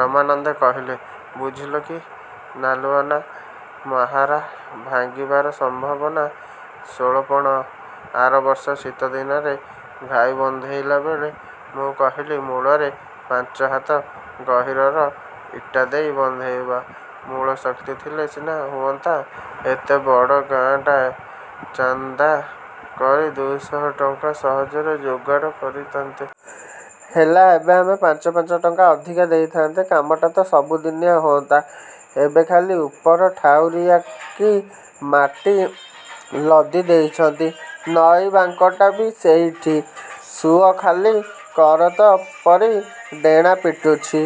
ରାମାନନ୍ଦେ କହିଲେ–ବୁଝିଲ କି ନାଲୁଆନା, ମାହାରା ଭାଙ୍ଗିବାର ସମ୍ଭାବନା ଷୋଳପଣ-। ଆର ବର୍ଷ ଶୀତଦିନରେ ଘାଇ ବନ୍ଧେଇଲାବେଳେ ମୁଁ କହିଲି ମୂଳରେ ପାଞ୍ଚହାତ ଗହୀରର ଇଟା ଦେଇ ବନ୍ଧେଇବା। ମୂଳଶକ୍ତି ଥିଲେ ସିନା ହୁଅନ୍ତା। ଏତେ ବଡ଼ ଗାଁଟାଏ ଚାନ୍ଦା କରି ଦୁଇଶହ ଟଙ୍କା ସହଜରେ ଯୋଗାଡ଼ କରିଥାନ୍ତେ। ହେଲା ଏବେ ଆମେ ପାଞ୍ଚ ପାଞ୍ଚ ଟଙ୍କା ଅଧିକା ଦେଇ ଥାନ୍ତେ। କାମଟା ତ ସବୁଦିନିଆ ହୋଅନ୍ତା। ଏବେ ଖାଲି ଉପର ଠାଉରିଆକି ମାଟି ଲଦି ଦେଇଛନ୍ତି। ନଈ ବାଙ୍କଟା ବି ସେଇଠି। ସୁଅ ଖାଲି କରତ ପରି ଡେଣା ପିଟୁଚି।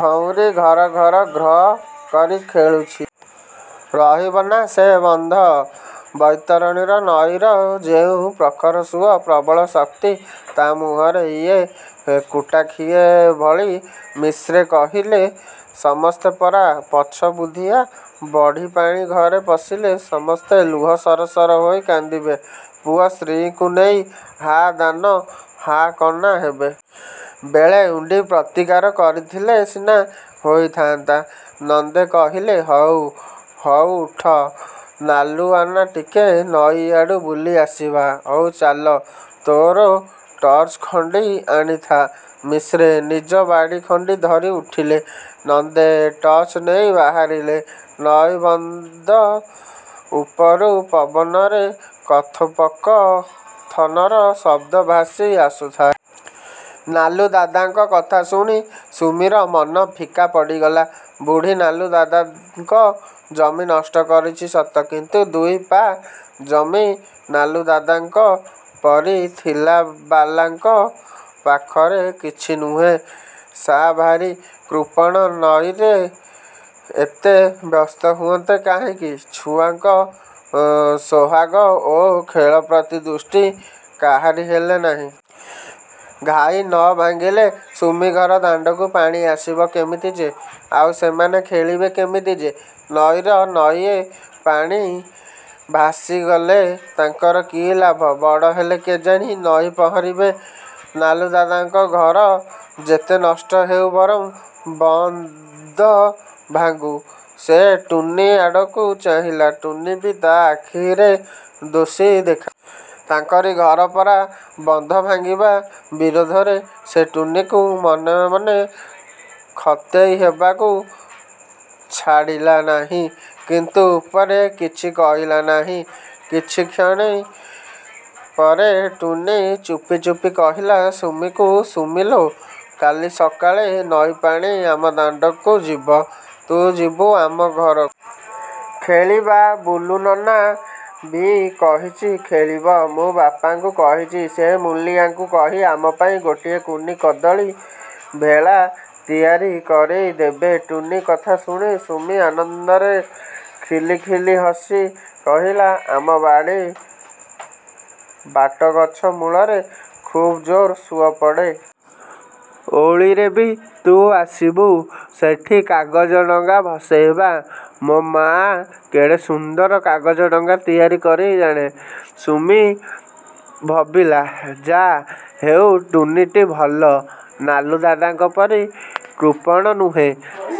ଭଉଁରୀ ଘର-ଘର-ଘ୍ର କରି ଖେଳୁଚି। ରହିବ ନା ସେ ବନ୍ଧ ବୈତରଣୀ ନଈର ଯେଉଁ ପ୍ରଖର ସୁଅ, ପ୍ରବଳ ଶକ୍ତି–ତା' ମୁହଁରେ ଇଏ କୁଟାଖିଏ ଭଳି। ମିଶ୍ରେ କହିଲେ–ସମସ୍ତେ ପରା ପଛବୁଦ୍ଧିଆ। ବଢ଼ିପାଣି ଘରେ ପଶିଲେ ସମସ୍ତେ ଲୁହ ସରସର ହୋଇ କାନ୍ଦିବେ, ପୁଅ ସ୍ତ୍ରୀଙ୍କୁ ନେଇ ହା-ଦାନା, ହା-କନା ହେବେ। ବେଳ ଉଣ୍ଡି ପ୍ରତିକାର କରିଥିଲେ ସିନା ହୋଇଥାନ୍ତା। ନନ୍ଦେ କହିଲେ–ହଉ, ଉଠ ନାଲୁଆନା, ଟିକେ ନଈଆଡ଼ୁ ବୁଲି ଆସିବା। –ହଉ, ଚାଲ, ତୋର ଟର୍ଚ୍ଚଖଣ୍ଡି ଆଣିଥା। ମିଶ୍ରେ ନିଜ ବାଡ଼ି ଖଣ୍ଡି ଧରି ଉଠିଲେ। ନନ୍ଦେ ଟର୍ଚ୍ଚ ନେଇ ବାହାରିଲେ। ନଈ ବନ୍ଧ ଉପରୁ ପବନରେ କଥୋପକଥନର ଶବ୍ଦ ଭାସି ଆସୁଥାଏ। ନାଲୁଦାଦାଙ୍କ କଥା ଶୁଣି ସୁମିର ମନ ଫିକା ପଡ଼ିଗଲା। ବଢ଼ି ନାଲୁଦାଦାଙ୍କ ଜମି ନଷ୍ଟ କରିଚି ସତ, କିନ୍ତୁ ଦୁଇ-ପା ଜମି ନାଲୁଦାଦାଙ୍କ ପରି ଥିଲାବାଲାଙ୍କ ପାଖରେ କିଛି ନୁହେଁ। ସା ଭାରି କୃପଣ ନଇଲେ ଏତେ ବ୍ୟସ୍ତ ହୁଅନ୍ତେ କାହିଁକି? ଛୁଆଙ୍କ ସୋହାଗ ଓ ଖେଳପ୍ରତି ଦୃଷ୍ଟି କାହାରିହେଲେ ନାହିଁ। ଘାଇ ନ ଭାଙ୍ଗିଲେ ସୁମିଘର ଦାଣ୍ଡକୁ ପାଣି ଆସିବ କେମିତି ଯେ? ଆଉ ସେମାନେ ଖେଳିବେ କେମିତି ଯେ? ନଈରେ ନଈଏ ପାଣି ଭାସିଗଲେ ତାଙ୍କର କି ଲାଭ–ବଡ଼ହେଲେ କେଜାଣି ନଈ ପହଁରିବେ। ନାଲୁଦାଦାଙ୍କ ଘର ଯେତେ ନଷ୍ଟ ହେଉ ବରଂ ବନ୍ଧ ଭାଙ୍ଗୁ। ସେ ଟୁନୀ ଆଡ଼କୁ ଚାହିଁଲା–ଟୁନୀ ବି ତା ଆଖିରେ ଦୋଷୀ ଦେଖାଗଲା। ତାଙ୍କରି ଘର ପରା ବନ୍ଧ ଭାଙ୍ଗିବା ବିରୋଧରେ! ସେ ଟୁନୀକୁ ମନେ ମନେ ଖତେଇ ହବାକୁ ଛାଡ଼ିଲା ନାହିଁ। କିନ୍ତୁ ଉପରେ କିଛି କହିଲା ନାହିଁ। କିଛିକ୍ଷଣ ପରେ ଟୁନୀ ଚୁପି ଚୁପି କହିଲା ସୁମିକୁ–ସୁମିଲୋ, କାଲି ସକାଳେ ନଈପାଣି ଆମ ଦାଣ୍ଡକୁ ଯିବ। ତୁ ଯିବୁ ଆମ ଘରକୁ। ଖେଳିବା। ବୁଲୁନନା ବି କହିଚି ଖେଳିବ। ମୁଁ ବାପାଙ୍କୁ କହିଚି–ସେ ମୂଲିଆଙ୍କୁ କହି ଆମପାଇଁ ଗୋଟିଏ କୁନି କଦଳି-ଭେଳା ତିଆରି କରେଇ ଦେବେ। ଟୁନୀ କଥା ଶୁଣି ସୁମି ଆନନ୍ଦରେ ଖିଲି ଖିଲି ହସି କହିଲା–ଆମ ବାଡ଼ି ବାଟଗଛ ମୂଳରେ ଖୁବ୍ ଜୋର୍ ସୁଅ ପଡ଼େ। ଓଳିରେ ବି। ତୁ ଆସିବୁ; ସେଠି କାଗଜ ଡଙ୍ଗା ଭସେଇବା। ମୋ ମା' କେଡ଼େ ସୁନ୍ଦର କାଗଜ ଡଙ୍ଗା ତିଆରି କରି ଜାଣେ। ସୁମି ଭବିଲା–ଯା' ହେଉ ଟୁନୀଟି ଭଲ। ନାଲୁ ଦାଦାଙ୍କ ପରି କୃପଣ ନୁହେଁ।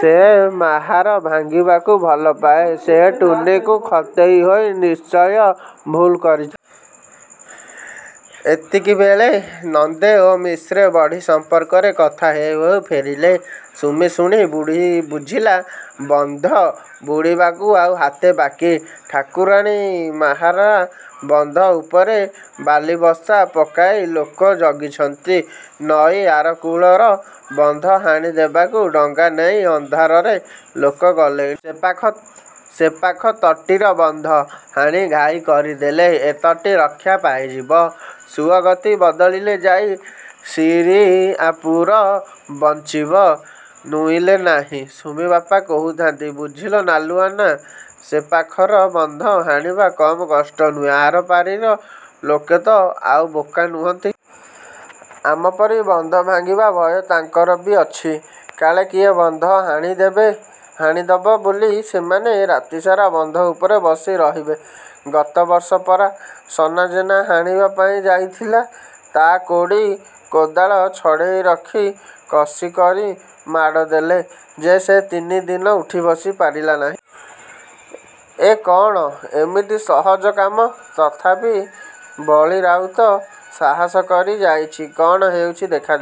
ସେ ମାହାର ଭାଙ୍ଗିବାକୁ ଭଲପାଏ। ସେ ଟୁନୀକୁ ଖତେଇ ହୋଇ ନିଶ୍ଚୟ ଭୁଲ କରିଚି। ଏତିକିବେଳେ ନନ୍ଦେ ଓ ମିଶ୍ରେ ବଢ଼ି ସମ୍ପର୍କରେ କଥା ହେଉ ହେଉ ଫେରିଲେ। ସୁମି ଶୁଣି ବୁଝିଲା–ବନ୍ଧ ବୁଡ଼ିବାକୁ ଆଉ ହାତେ ବାକି। ଠାକୁରାଣୀ ମାହାରା ବନ୍ଧ ଉପରେ ବାଲିବସ୍ତା ପକାଇ ଲୋକ ଜଗିଛନ୍ତି। ନଈ ଆର କୂଳର ବନ୍ଧ ହାଣି ଦେବାକୁ ଡଙ୍ଗା ନେଇ ଅନ୍ଧାରରେ ଲୋକ ଗଲେଣି। ସେପାଖ ତଟୀର ବନ୍ଧ ହାଣି ଘାଇ କରିଦେଲେ ଏ ତଟୀ ରକ୍ଷା ପାଇଯିବ। ସୁଅ ଗତି ବଦଳିଲେ ଯାଇଁ ଶିରିଆପୁର ବଞ୍ଚିବ,–ନୁଇଲେ ନାହିଁ। ସୁମି-ବାପା କହୁଥାନ୍ତି–ବୁଝିଲ ନାଲୁଆନା, ସେ ପାଖର ବନ୍ଧ ହାଣିବା କମ୍ କଷ୍ଟ ନୁହେଁ। ଆର ପାରିର ଲୋକେ ତ ଆଉ ବୋକା ନୁହନ୍ତି। ଆମପରି ବନ୍ଧ ଭାଙ୍ଗିବା ଭୟ ତାଙ୍କର ବି ଅଛି। କାଳେ କିଏ ବନ୍ଧ ହାଣିଦେବ ବୋଲି ସେମାନେ ରାତିସାରା ବନ୍ଧ ଉପରେ ବସି ରହିବେ। ଗତବର୍ଷ ପରା ସନାଜେନା ହାଣିବା ପାଇଁ ଯାଇଥିଲା। ତା' କୋଡ଼ି କୋଦାଳ ଛଡ଼େଇ ରଖି କଷିକରି ମାଡ଼ ଦେଲେ ଯେ ସେ ତିନିଦିନ ଉଠିବସି ପାରିଲା ନାଇଁ। ଏକଣ ଏମିତି ସହଜ କାମ? ତଥାପି, ବଳୀ ରାଉତ ସାହସ କରି ଯାଇଛି। କଣ ହେଉଚି ଦେଖାଯାଉ।